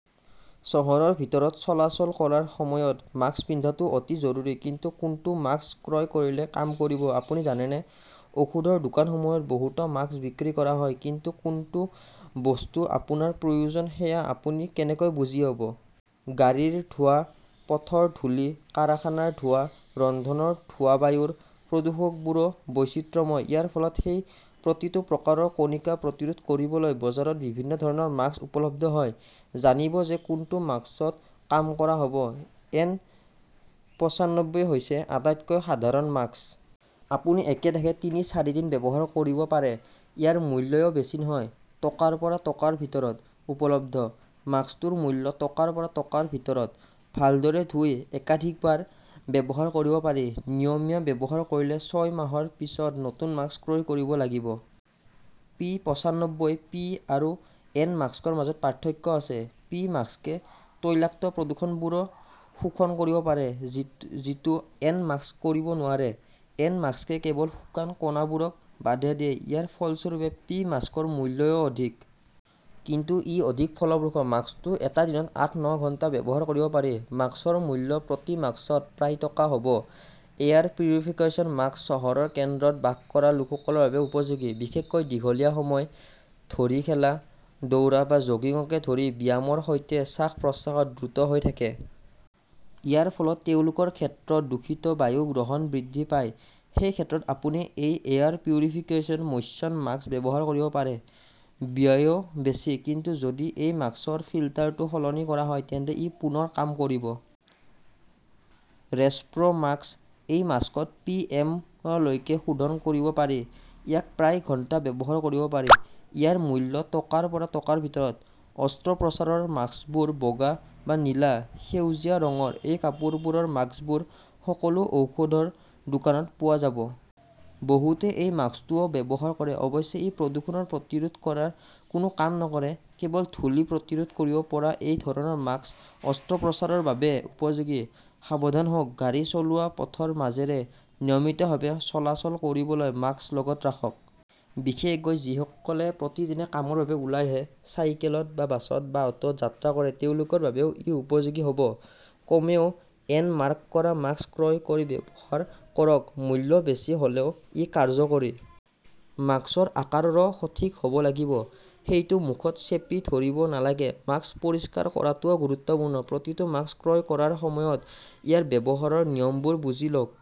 চহৰৰ ভিতৰত চলাচল কৰাৰ সময়ত মাস্ক পিন্ধাটো অতি জৰুৰী। কিন্তু কোনটো মাস্ক ক্ৰয় কৰিলে কাম কৰিব, আপুনি জানেনে? ঔষধৰ দোকানসমূহত বহুতো মাস্ক বিক্ৰী কৰা হয়। কিন্তু কোনটো বস্তু আপোনাৰ প্ৰয়োজন সেয়া আপুনি কেনেকৈ বুজি পাব? গাড়ীৰ ধোঁৱা, পথৰ ধূলি, কাৰখানাৰ ধোঁৱা, ৰন্ধনৰ ধোঁৱাবায়ুৰ প্ৰদূষকবোৰো বৈচিত্ৰ্যময়। ইয়াৰ ফলত সেই প্ৰতিটো প্ৰকাৰৰ কণিকা প্ৰতিৰোধ কৰিবলৈ বজাৰত বিভিন্ন ধৰণৰ মাস্ক উপলব্ধ হয়। জানিব যে কোনটো মাস্কত কাম কৰা হব। এন পঁচানব্বই হৈছে আটাইতকৈ সাধাৰণ মাস্ক। আপুনি একেৰাহে তিনি-চাৰিদিন ব্যৱহাৰ কৰিব পাৰে। ইয়াৰ মূল্যও বেছি নহয়। টকাৰ পৰা টকাৰ ভিতৰত উপলব্ধ। মাস্কটোৰ মূল্য টকাৰ পৰা টকাৰ ভিতৰত। ভালদৰে ধুই একাধিকবাৰ ব্যৱহাৰ কৰিব পাৰি। নিয়মীয়া ব্যৱহাৰ কৰিলে ছয় মাহৰ পিছত নতুন মাস্ক ক্ৰয় কৰিব লাগিব। পি পঁচানব্বই পি আৰু এন মাস্কৰ মাজত পাৰ্থক্য আছে। পি মাস্কে তৈলাক্ত প্ৰদূষকবোৰো শোধন কৰিব পাৰে, যিটো এন মাস্ক কৰিব নোৱাৰে। এন মাস্কে কেৱল শুকান কণাবোৰক বাধা দিয়ে। ইয়াৰ ফলস্বৰূপে পি মাস্কৰ মূল্যও অধিক। কিন্তু ই অধিক ফলপ্ৰসূ। মাস্কটো এটা দিনত আঠ-ন ঘণ্টা ব্যৱহাৰ কৰিব পাৰি। মাস্কৰ মূল্য প্ৰতি মাস্কত প্ৰায় টকা হব। এয়াৰ পিউৰিফিকেশ্যন মাস্ক চহৰৰ কেন্দ্ৰত বাস কৰা লোকসকলৰ বাবে উপযোগী। বিশেষকৈ দীঘলীয়া সময় ধৰি খেলা, দৌৰা বা জগিংকে ধৰি ব্যায়ামৰ সৈতে শ্বাস-প্ৰশ্বাস দ্ৰুত হৈ থাকে। ইয়াৰ ফলত তেওঁলোকৰ ক্ষেত্ৰত দূষিত বায়ু গ্ৰহণ বৃদ্ধি পায়। সেই ক্ষেত্ৰত আপুনি এই এয়াৰ পিউৰিফিকেশ্যন মশ্যন মাস্ক ব্যৱহাৰ কৰিব পাৰে। ব্যয়ও বেছি। কিন্তু যদি এই মাস্কৰ ফিল্টাৰটো সলনি কৰা হয় তেন্তে ই পুনৰ কাম কৰিব। ৰেচপ্ৰ 'মাস্ক এই মাস্কত পি. এম. লৈকে শোধন কৰিব পাৰি। ইয়াক প্ৰায় ঘণ্টা ব্যৱহাৰ কৰিব পাৰি। ইয়াৰ মূল্য টকাৰ পৰা টকাৰ ভিতৰত। অস্ত্ৰোপচাৰৰ মাস্কবোৰ বগা বা নীলা, সেউজীয়া ৰঙৰ এই কাপোৰৰ মাস্কবোৰ সকলো ঔষধৰ দোকানত পোৱা যাব। বহুতে এই মাস্কটোও ব্যৱহাৰ কৰে। অৱশ্যে, ই প্ৰদূষণ প্ৰতিৰোধ কৰাৰ কোনো কাম নকৰে। কেৱল ধূলি প্ৰতিৰোধ কৰিব পৰা এই ধৰণৰ মাস্ক অস্ত্ৰোপচাৰৰ বাবে উপযোগী। সাৱধান হওক। গাড়ী চলোৱা পথৰ মাজেৰে নিয়মিতভাৱে চলাচল কৰিবলৈ মাস্ক লগত ৰাখক। বিশেষকৈ যিসকলে প্ৰতিদিনে কামৰ বাবে ওলাই আহে, চাইকেলত বা বাছত বা অটোত যাত্ৰা কৰে তেওঁলোকৰ বাবেও ই উপযোগী হ 'ব। কমেও এন-মাৰ্ক কৰা মাস্ক ক্ৰয় কৰি ব্যৱহাৰ কৰক। মূল্য বেছি হলেও ই কাৰ্যকৰী। মাস্কৰ আকাৰো সঠিক হব লাগিব। সেইটো মুখত চেপি ধৰিব নালাগে। মাস্ক পৰিষ্কাৰ কৰাটোও গুৰুত্বপূৰ্ণ। প্ৰতিটো মাস্ক ক্ৰয় কৰাৰ সময়ত ইয়াৰ ব্যৱহাৰৰ নিয়মবোৰ বুজি লওক।